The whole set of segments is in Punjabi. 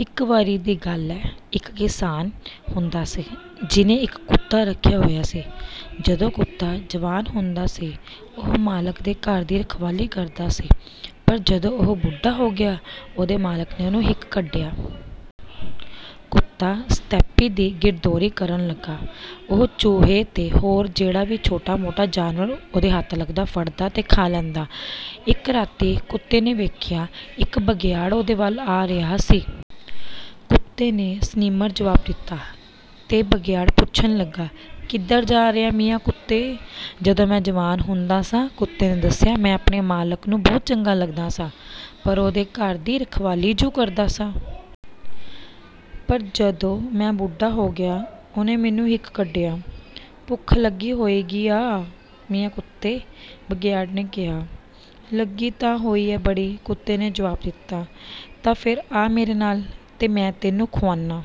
ਇੱਕ ਵਾਰੀ ਦੀ ਗੱਲ ਏ, ਇੱਕ ਕਿਸਾਨ ਹੁੰਦਾ ਸੀ, ਜਿਨ੍ਹੇ ਇੱਕ ਕੁੱਤਾ ਰੱਖਿਆ ਹੋਇਆ ਸੀ। ਜਦੋਂ ਕੁੱਤਾ ਜਵਾਨ ਹੁੰਦਾ ਸੀ, ਉਹ ਮਾਲਕ ਦੇ ਘਰ ਦੀ ਰਖਵਾਲੀ ਕਰਦਾ ਸੀ, ਪਰ ਜਦੋਂ ਉਹ ਬੁੱਢਾ ਹੋ ਗਿਆ, ਉਹਦੇ ਮਾਲਕ ਨੇ ਉਹਨੂੰ ਹਿੱਕ ਕੱਢਿਆ। ਕੁੱਤਾ ਸਤੈਪੀ ਦੀ ਗਿਰਦੌਰੀ ਕਰਨ ਲੱਗਾ। ਉਹ ਚੂਹੇ ਤੇ ਹੋਰ ਜਿਹੜਾ ਵੀ ਛੋਟਾ-ਮੋਟਾ ਜਾਨਵਰ ਉਹਦੇ ਹੱਥ ਲੱਗਦਾ, ਫੜਦਾ ਤੇ ਖਾ ਲੈਂਦਾ। ਇੱਕ ਰਾਤੀਂ ਕੁੱਤੇ ਨੇ ਵੇਖਿਆ, ਇੱਕ ਬਘਿਆੜ ਉਹਦੇ ਵੱਲ ਆ ਰਿਹਾ ਸੀ। ਕੁੱਤੇ ਨੇ ਸਨਿਮਰ ਜਵਾਬ ਦਿੱਤਾ, ਤੇ ਬਘਿਆੜ ਪੁੱਛਣ ਲੱਗਾ, "ਕਿੱਧਰ ਜਾ ਰਿਹੈਂ, ਮੀਆਂ ਕੁੱਤੇ?" “ਜਦੋਂ ਮੈਂ ਜਵਾਨ ਹੁੰਦਾ ਸਾਂ,” ਕੁੱਤੇ ਨੇ ਦੱਸਿਆ, “ਮੈਂ ਆਪਣੇ ਮਾਲਕ ਨੂੰ ਬਹੁਤ ਚੰਗਾ ਲੱਗਦਾ ਸਾਂ, ਘਰ ਉਹਦੇ ਦੀ ਰਖਵਾਲੀ ਜੁ ਕਰਦਾ ਸਾਂ। ਪਰ ਜਦੋਂ ਮੈਂ ਬੁੱਢਾ ਹੋ ਗਿਆ, ਉਹਨੇ ਮੈਨੂੰ ਹਿੱਕ ਕੱਢਿਆ।” "ਭੁੱਖ ਲੱਗੀ ਹੋਈਗੀ ਆ, ਮੀਆਂ ਕੁੱਤੇ,” ਬਘਿਆੜ ਨੇ ਕਿਹਾ। “ਲੱਗੀ ਤਾਂ ਹੋਈ ਏ, ਬੜੀ,” ਕੁੱਤੇ ਨੇ ਜਵਾਬ ਦਿੱਤਾ। “ਤਾਂ ਫੇਰ ਆ ਮੇਰੇ ਨਾਲ, ਤੇ ਮੈਂ ਤੈਨੂੰ ਖੁਆਨਾਂ।”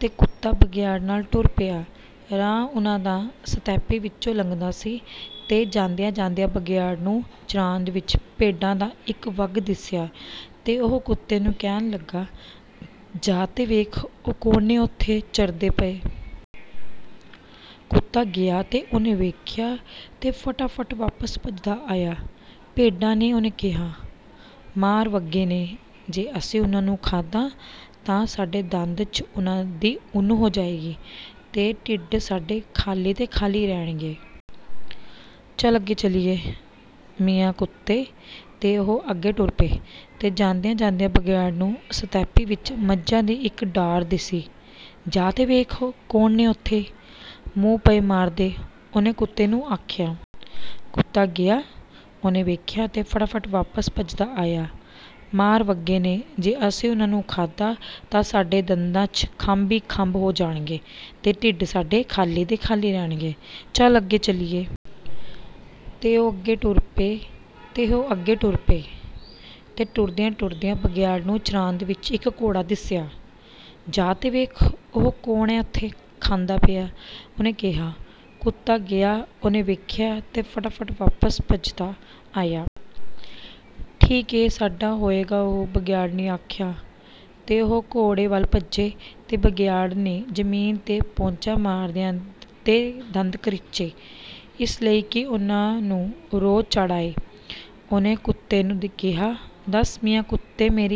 ਤੇ ਕੁੱਤਾ ਬਘਿਆੜ ਨਾਲ ਟੁਰ ਪਿਆ। ਰਾਹ ਉਹਨਾਂ ਦਾ ਸਤੈਪੀ ਵਿਚੋਂ ਲੰਘਦਾ ਸੀ ਤੇ ਜਾਂਦਿਆਂ-ਜਾਂਦਿਆਂ ਬਘਿਆੜ ਨੂੰ ਚਰਾਂਦ ਵਿੱਚ ਭੇਡਾਂ ਦਾ ਇੱਕ ਵੱਗ ਦਿਸਿਆ ਤੇ ਉਹ ਕੁੱਤੇ ਨੂੰ ਕਹਿਣ ਲੱਗਾ, “ਜਾ ਤੇ ਵੇਖ, ਉਹ ਕੌਣ ਨੇ ਓਥੇ, ਚਰਦੇ ਪਏ।” ਕੁੱਤਾ ਗਿਆ ਤੇ ਉਹਨੇ ਵੇਖਿਆ ਤੇ ਫਟਾਫਟ ਵਾਪਸ ਭੱਜਦਾ ਆਇਆ। "ਭੇਡਾਂ ਨੇ,” ਉਹਨੇ ਕਿਹਾ। “ਮਾਰ ਵੱਗੇ ਨੇ! ਜੇ ਅਸੀਂ ਉਹਨਾਂ ਨੂੰ ਖਾਧਾ, ਤਾਂ ਸਾਡੇ ਦੰਦਾਂ ’ਚ ਉੱਨ ਈ ਉੱਨ ਹੋ ਜਾਏਗੀ, ਤੇ ਢਿੱਡ ਸਾਡੇ ਖਾਲੀ ਦੇ ਖਾਲੀ ਰਹਿਣਗੇ। ਚਲ ਅੱਗੇ ਚਲੀਏ, ਮੀਆਂ ਕੁੱਤੇ!"ਤੇ ਉਹ ਅੱਗੇ ਟੁਰ ਪਏ, ਤੇ ਜਾਂਦਿਆਂ-ਜਾਂਦਿਆਂ ਬਘਿਆੜ ਨੂੰ ਸਤੈਪੀ ਵਿਚ ਮੱਝਾਂ ਦੀ ਇੱਕ ਡਾਰ ਦਿੱਸੀ। "ਜਾ ਤੇ ਵੇਖ, ਕੌਣ ਨੇ ਓਥੇ, ਮੂੰਹ ਪਏ ਮਾਰਦੇ,” ਉਹਨੇ ਕੁੱਤੇ ਨੂੰ ਆਖਿਆ। ਕੁੱਤਾ ਗਿਆ, ਉਹਨੇ ਵੇਖਿਆ ਤੇ ਫਟਾਫਟ ਵਾਪਸ ਭੱਜਦਾ ਆਇਆ।"ਮਾਰ ਵੱਗੇ ਨੇ! ਜੇ ਅਸੀਂ ਉਹਨਾਂ ਨੂੰ ਖਾਧਾ, ਤਾਂ ਸਾਡੇ ਦੰਦਾਂ ’ਚ ਖੰਭ ਈ ਖੰਭ ਹੋ ਜਾਣਗੇ, ਤੇ ਢਿੱਡ ਸਾਡੇ ਖਾਲੀ ਦੇ ਖਾਲੀ ਰਹਿਣਗੇ। ਚਲ ਅੱਗੇ ਚਲੀਏ!" ਤੇ ਉਹ ਅਗੇ ਟੁਰ ਪਏ, ਤੇ ਉਹ ਅੱਗੇ ਟੁਰ ਪਏ, ਤੇ ਟੁਰਦਿਆਂ-ਟੁਰਦਿਆਂ ਬਘਿਆੜ ਨੂੰ ਚਰਾਂਦ ਵਿੱਚ ਇੱਕ ਘੋੜਾ ਦਿਸਿਆ। “ਜਾ ਤੇ ਵੇਖ, ਉਹ ਕੌਣ ਏ ਓਥੇ, ਖਾਂਦਾ ਪਿਆ,” ਉਹਨੇ ਕਿਹਾ। ਕੁੱਤਾ ਗਿਆ, ਉਹਨੇ ਵੇਖਿਆ ਤੇ ਫਟਾਫਟ ਵਾਪਸ ਭਜਦਾ ਆਇਆ। “ਠੀਕ ਏ, ਸਾਡਾ ਹੋਏਗਾ ਉਹ!” ਬਘਿਆੜ ਨੇ ਆਖਿਆ। ਤੇ ਉਹ ਘੋੜੇ ਵੱਲ ਭੱਜੇ, ਤੇ ਬਘਿਆੜ ਨੇ ਜ਼ਮੀਨ ’ਤੇ ਪੌਂਚਾ ਮਾਰਿਆ ਤੇ ਦੰਦ ਕਰੀਚੇ, ਇਸ ਲਈ ਕਿ ਉਹਨੂੰ ਰੋਹ ਚੜ੍ਹ ਆਏ। ਉਹਨੇ ਕੁੱਤੇ ਨੂੰ ਕਿਹਾ, "ਦੱਸ, ਮੀਆਂ ਕੁੱਤੇ, ਮੇਰੀ